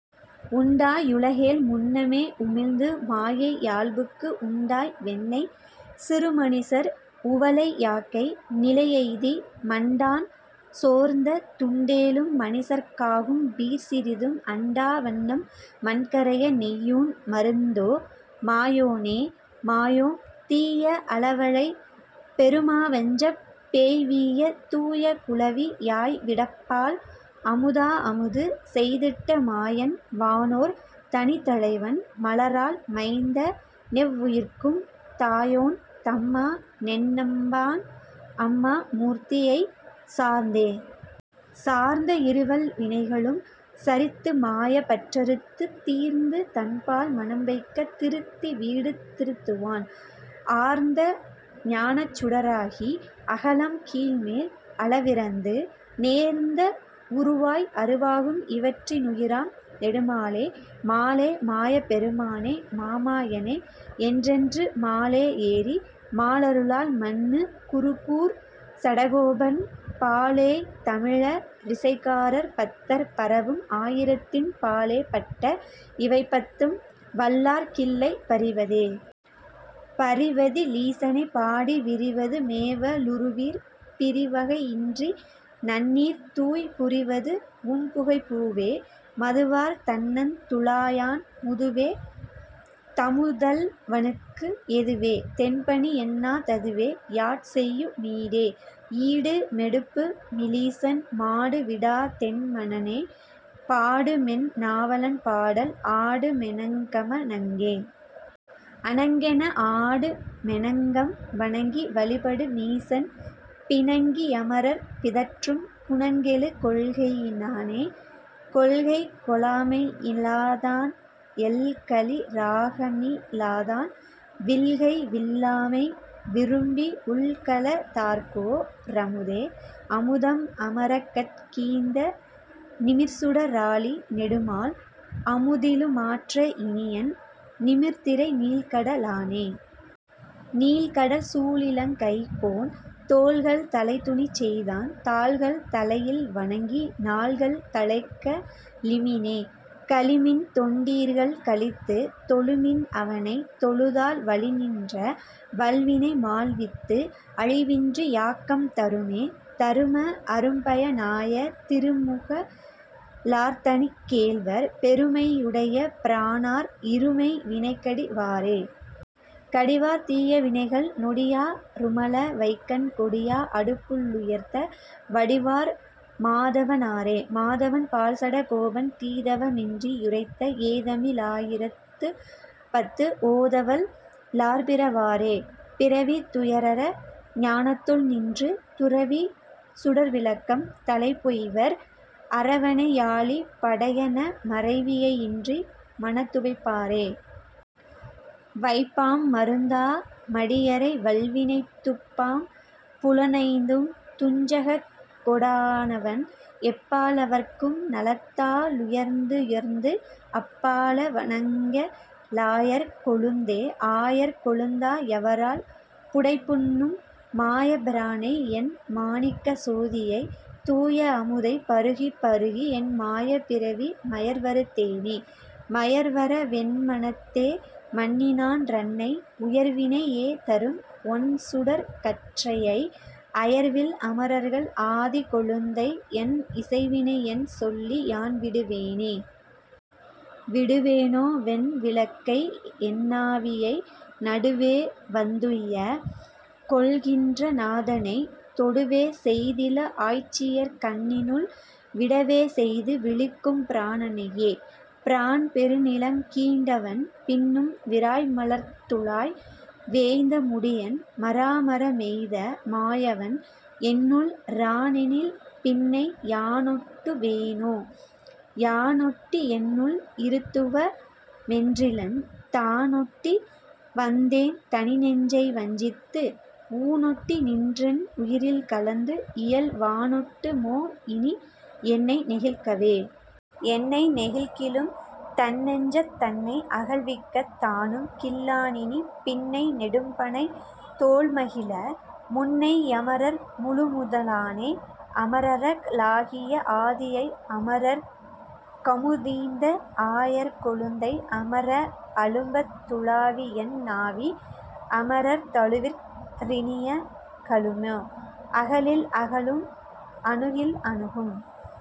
உண்டா யுலகேழ் முன்னமே, உமிழ்ந்து மாயை யால்புக்கு உண்டாய் வெண்ணெய் சிறுமனிசர் உவலை யாக்கை நிலையெய்தி மண்டான் சோர்ந்த துண்டேலும் மனிசர்க் காகும் பீர் சிறிதும் அண்டா வண்ணம் மண்கரைய நெய்யூண் மருந்தோ? மாயோனே.. மாயோம் தீய அலவலைப் பெருமா வஞ்சப் பேய்வீய தூய குழவி யாய்விடப்பால் அமுதா அமுது செய்திட்ட மாயன் வானோர் தனித்தலைவன் மலராள் மைந்த னெவ்வுயிர்க்கும் தாயோன் தம்மா னென்னம்மான் அம்மா மூர்த்தி யைச்சார்ந்தே.. சார்ந்த இருவல் வினைகளும் சரித்து மாயப் பற்றறுத்து தீர்ந்து தன்பால் மனம்வைக்கத் திருத்தி வீடு திருத்துவான், ஆர்ந்த ஞானச் சுடராகி அகலம் கீழ்மேல் அளவிறந்து, நேர்ந்த வுருவாய் அருவாகும் இவற்றி னுயிராம் நெடுமாலே. மாலே. மாயப் பெருமானே. மாமா யனே. என்றென்று மாலே யேறி மாலருளால் மன்னு குருகூர்ச் சடகோபன் பாலேய் தமிழ ரிசைகாரர் பத்தர் பரவும் ஆயிரத்தின் பாலே பட்ட இவைபத்தும் வல்லார்க் கில்லை பரிவதே. பரிவதி லீசனைப் பாடி விரிவது மேவ லுறுவீர். பிரிவகை யின்றிநன் னீர்தூய் புரிவது வும்புகை பூவே.. மதுவார் தண்ணந் துழாயான் முதுவே தமுதல் வனுக்கு எதுவே தென்பணி என்னா ததுவே யாட்செய்யு மீடே.. ஈடு மெடுப்புமி லீசன் மாடு விடாதென் மனனே பாடுமென் நாவலன் பாடல் ஆடுமெ னங்கம ணங்கே.. அணங்கென ஆடுமெ னங்கம் வணங்கி வழிபடு மீசன் பிணங்கி யமரர் பிதற்றும் குணங்கெழு கொள்கையி னானே.. கொள்கைகொ ளாமையி லாதான் எள்கலி ராகமி லாதான் விள்கைவிள் ளாமைவி ரும்பி உள்கலந் தார்க்கோ ரமுதே.. அமுதம் அமரகட் கீந்த நிமிர்சுட ராழி நெடுமால் அமுதிலு மாற்ற இனியன் நிமிர்திரை நீள்கட லானே.. நீள்கடல் சூழிலங் கைக்கோன் தோள்கள் தலைதுணி செய்தான் தாள்கள் தலையில் வணங்கி நாள்கள் தலைக்க ழிமினே.. கழிமின்தொண் டீர்கள் கழித்துத் தொழுமின் அவனைத் தொழுதால் வழிநின்ற வல்வினை மாள்வித்து அழிவின்றி யாக்கம் தருமே.. தரும அரும்பய னாய திருமுக ளார்தனிக் கேள்வர், பெருமை யுடைய பிரானார், இருமை வினைகடி வாரே.. கடிவார் தீய வினைகள் நொடியா ருமள வைக்கண் கொடியா அடுபுள் ளுயர்த்த வடிவார் மாதவ னாரே. மாதவன் பால்சட கோபன் தீதவ மின்றி யுரைத்த ஏதமி லாயிரத் திப்பத்து ஓதவல் லார்பிற வாரே. பிறவித்துயரற ஞானத்துள்நின்று, துறவிச்சுடர்விளக்கம் தலைப்பெய்வார், அறவனை யாழிப் படையந, மறவியை யின்றி மனத்துவைப் பாரே.. வைப்பாம்மருந்தா மடியரை, வல்வினைத் துப்பாம் புலனைந்தும் துஞ்சக கொடானவன், எப்பால் யவர்க்கும் நலத்தா லுயர்ந்துயர்ந்து, அப்பால வனெங்க ளாயர் கொழுந்தே.. ஆயர் கொழுந்தா யவரால் புடையுண்ணும், மாயப் பிரானையென் மாணிக்கச் சோதியை, தூய அமுதைப் பருகிப்பருகி, என் மாயப் பிறவி மயர்வறுத் தேனே.. மயர்வறவென்மனத்தே மன்னினான் றன்னை, உயர்வினை யேதரும் ஒண்சுடர்க் கற்றையை, அயர்வில் அமரர்கள் ஆதிக்கொழுந்தை, என் இசைவினையென்சொல்லி யான்விடுவேனே.. விடுவேனோவென் விளக்கைஎன்னாவியை, நடுவேவந்துய்யக் கொள்கின்றநாதனை, தொடுவேசெய்திள ஆய்ச்சியர்க்கண்ணினுள், விடவேசெய்து விழிக்கும்பிரானையே.. பிரான்பெருநிலங் கீண்டவன், பின்னும் விராய்மலர்த்துழாய் வேய்ந்தமுடியன், மராமரமெய்த மாயவன், என்னுள் இரானெனில்பின்னை யானொட்டுவேனோ.. யானொட்டியென்னுள் இருத்துவ மென்றிலன், தானொட்டி வந்தேன் தனிநெஞ்சை வஞ்சித்து, ஊனொட்டி நின்றென் உயிரில் கலந்து, இயல் வானொட்டு மோஇனி யென்னை நெகிழ்க்கவே.. என்னை நெகிழ்க்கிலும் தன்னெஞ்சந் தன்னை, அகல்விக்கத் தானும்கில்லானினி, பின்னை நெடும்பணைத் தோள்மகிழ, முன்னை யமரர் முழுமுத லானே.. அமரர லாகிய ஆதியை, அமரர்க் கமுதீந்த ஆயர் கொழுந்தை, அமர அழும்பத் துழாவியென் னாவி, அமரர்த் தழுவிற் றினிய கலுமோ.. அகலில் அகலும் அணுகில் அணுகும்,